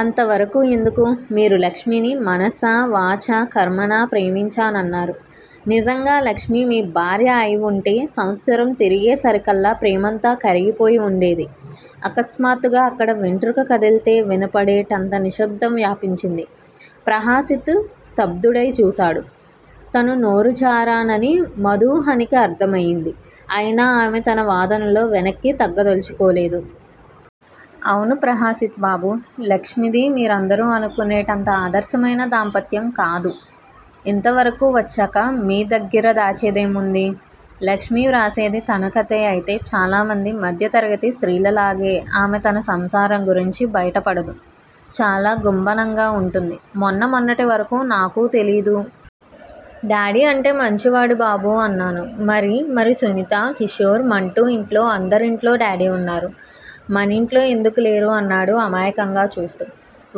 అంతవరకూ ఎందుకు? మీరు లక్ష్మిని మనసా వాచా కర్మణా ప్రేమించానన్నారు. నిజంగా లక్ష్మి మీభార్య అయివుంటే సంవత్సరం తిరిగేసరికల్లా ప్రేమంతా కరిగిపోయి వుండేది. ఆకస్మాత్తుగా అక్కడ వెంట్రుక కదిలితే వినపడేటంత నిశ్శబ్దం వ్యాపించింది. ప్రహసిత్ స్థబ్దుడై చూసాడు. తను నోరుజారానని మధూహకి అర్థమైంది. అయినా ఆమె తన వాదనలో వెనక్కీ తగ్గదల్చుకోలేదు. అవును ప్రహసిత్ బాబూ! లక్ష్మిది మీరందరూ అనుకునేటంత ఆదర్శమైన దాంపత్యం కాదు. ఇంతవరకూ వచ్చాక మీదగ్గిర దాచేదేముంది? లక్ష్మి వ్రాసేది తన కథే అయితే చాలామంది మధ్యతరగతి స్త్రీలలాగే ఆమె తన సంసారం గురించి బయటపడదు. చాలా గుంభనంగా వుంటుంది. మొన్నమొన్నటి వరకూ నాకూ తెలీదు. డాడి అంటే మంచివాడు బాబూ అన్నాను. మరి మరి సునీతా, కిశోర్, మంటూ ఇంట్లో, అందరింట్లో డాడి వున్నారు. మనింట్లో ఎందుకు లేరు అన్నాడు అమాయకంగా చూస్తూ.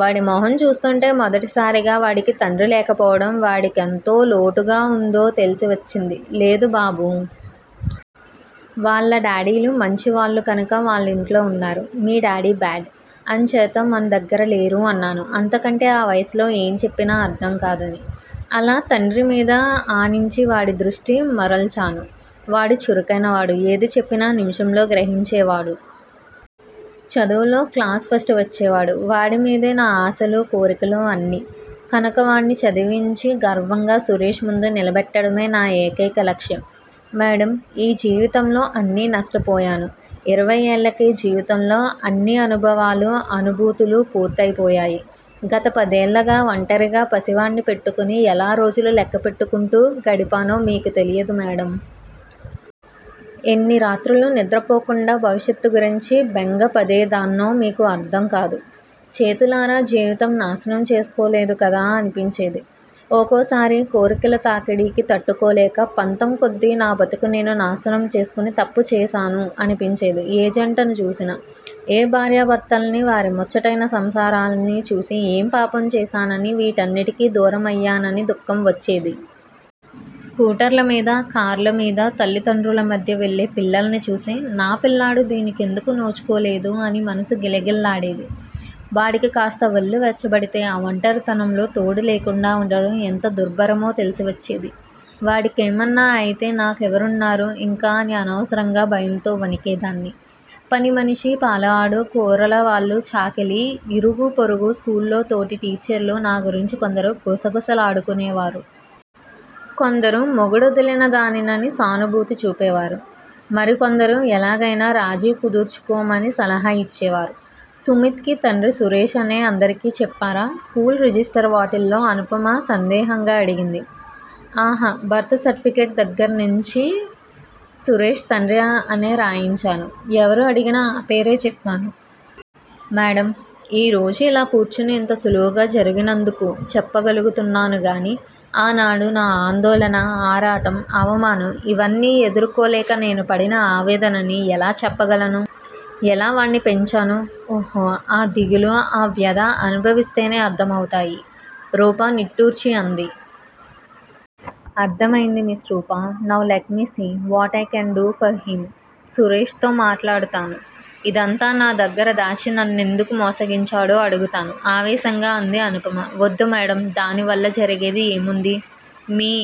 వాడి మొహం చూస్తుంటే మొదటిసారిగా వాడికి తండ్రి లేకపోవడం వాడి కెంతో లోటుగా వుందో తెల్సి వచ్చింది లేదు బాబూ! వాళ్ళ డాడీలు మంచివాళ్ళు కనక వాళ్ళింట్లో వున్నారు, మీ డాడీ బాడ్, అంచేత మనదగ్గర లేరు అన్నాను అంతకంటే ఆ వయసులో ఏం చెప్పినా అర్ధం కాదని. అలా తండ్రి మీద ఆనించి వాడి దృష్టి మరల్చాను. వాడు చురుకైనవాడు. ఏది చెప్పినా నిమిషంలో గ్రహించేవాడు. చదువులో క్లాసు ఫస్టు వచ్చేవాడు. వాడిమీదే నా ఆశలు, కోరికలు అన్నీ, కనక వాడ్ని చదివించి గర్వంగా సురేష్ ముందు నిలబెట్టడమే నా ఏకైక లక్ష్యం. మేడమ్! ఈ జీవితంలో అన్నీ నష్టపోయాను. ఇరవై ఏళ్ళకే జీవితంలో అన్ని అనుభవాలు అనుభూతులు పూర్తయిపోయాయి. గత పదేళ్ళగా వంటరిగా పసివాడ్ని పెట్టుకుని ఎలా రోజులు లెక్కపెట్టుకుంటూ గడిపానో మీకు తెలియదు మేడమ్. ఎన్ని రాత్రులు నిద్రపోకుండా భవిష్యత్తు గురించి బెంగపదేదాన్నో మీకు అర్ధం కాదు. చేతులారా జీవితం నాశనం చేసుకోలేదు కదా అనిపించేది. ఒకోసారి కోరికల తాకిడికి తట్టుకోలేక. పంతంకొద్దీ నా బతుకు నేను నాశనం చేసుకుని తప్పు చేశాను అనిపించేది ఏ జంటను చూసినా. ఏ భార్యా భర్తలని వారి ముచ్చటైనా సంసారాలని చూసి ఏం పాపం చేశానని వీటన్నిటికి దూరమయ్యానని దుఃఖం వచ్చేది. స్కూటర్ల మీద, కార్లమీద తల్లితండ్రుల మధ్య వెళ్ళే పిల్లల్ని చూసి నా పిల్లాడు దీని కెందుకు నోచుకోలేదు అని మనసు గిలగిల్లాడేది. వాడికి కాస్త ఒళ్ళు వెచ్చబడితే ఆ ఒంటరితనంలో తోడులేకుండా ఉండడం ఎంత దుర్భరమో తెలిసివచ్చేది. వాడికేమన్నా అయితే నా కేవరున్నారు ఇంక అని అనవసరంగా భయంతో వణికేదాన్ని, పనిమనిషి, పాలవాడు, కూరలవాళ్ళు, చాకలి, ఇరుగుపొరుగు, స్కూల్లో తోటి టీచర్లు నా గురించి కొందరు గుసగుసలాడుకునేవారు. కొందరు మొగుడోదిలినదానినని సానుభూతి చూపేవారు. మరికొందరు ఎలాగైనా రాజీ కుదుర్చుకోమని సలహా ఇచ్చేవారు. సుమిత్ కి తండ్రి సురేష్ అనే అందరికి చెప్పరా? స్కూలు రిజిస్టర్ వాటిల్లో అనుపమ సందేహంగా అడిగింది. ఆహా బర్త్ సర్టిఫికేట్ దగ్గరనించి సురేష్ తండ్రి అనే రాయించాను. ఎవరు అడిగినా ఆ పేరే చెప్పాను. మేడమ్! ఈరోజు ఇలా కుర్చుని ఇంత సులువుగా జరిగినందుకు చెప్పగలుగుతున్నానుగానీ, ఆనాడు నా ఆందోళన, ఆరాటం అవమానం ఇవన్నీ ఎదుర్కోలేక నేను పడిన ఆవేదనని ఎలా చెప్పగలను. ఎలా వాడ్ని పెంచాను. ఓహ్! ఆ దిగులు, అవ్యద అనుభవిస్తేనే అర్ధం అవుతాయి. రూప నిట్టూర్చి అంది. అర్ధమైంది miss Rupa! Now let me see, what I can do for him, Suresh తో మాట్లాడుతాను, ఇదంతా నా దగ్గర దాచి నన్నెందుకు మోసగించాడో అడుగుతాను ఆవేశంగా అంది అనుపమ. వద్దు మేడమ్! దానివల్ల జరిగేది ఏముంది. మీ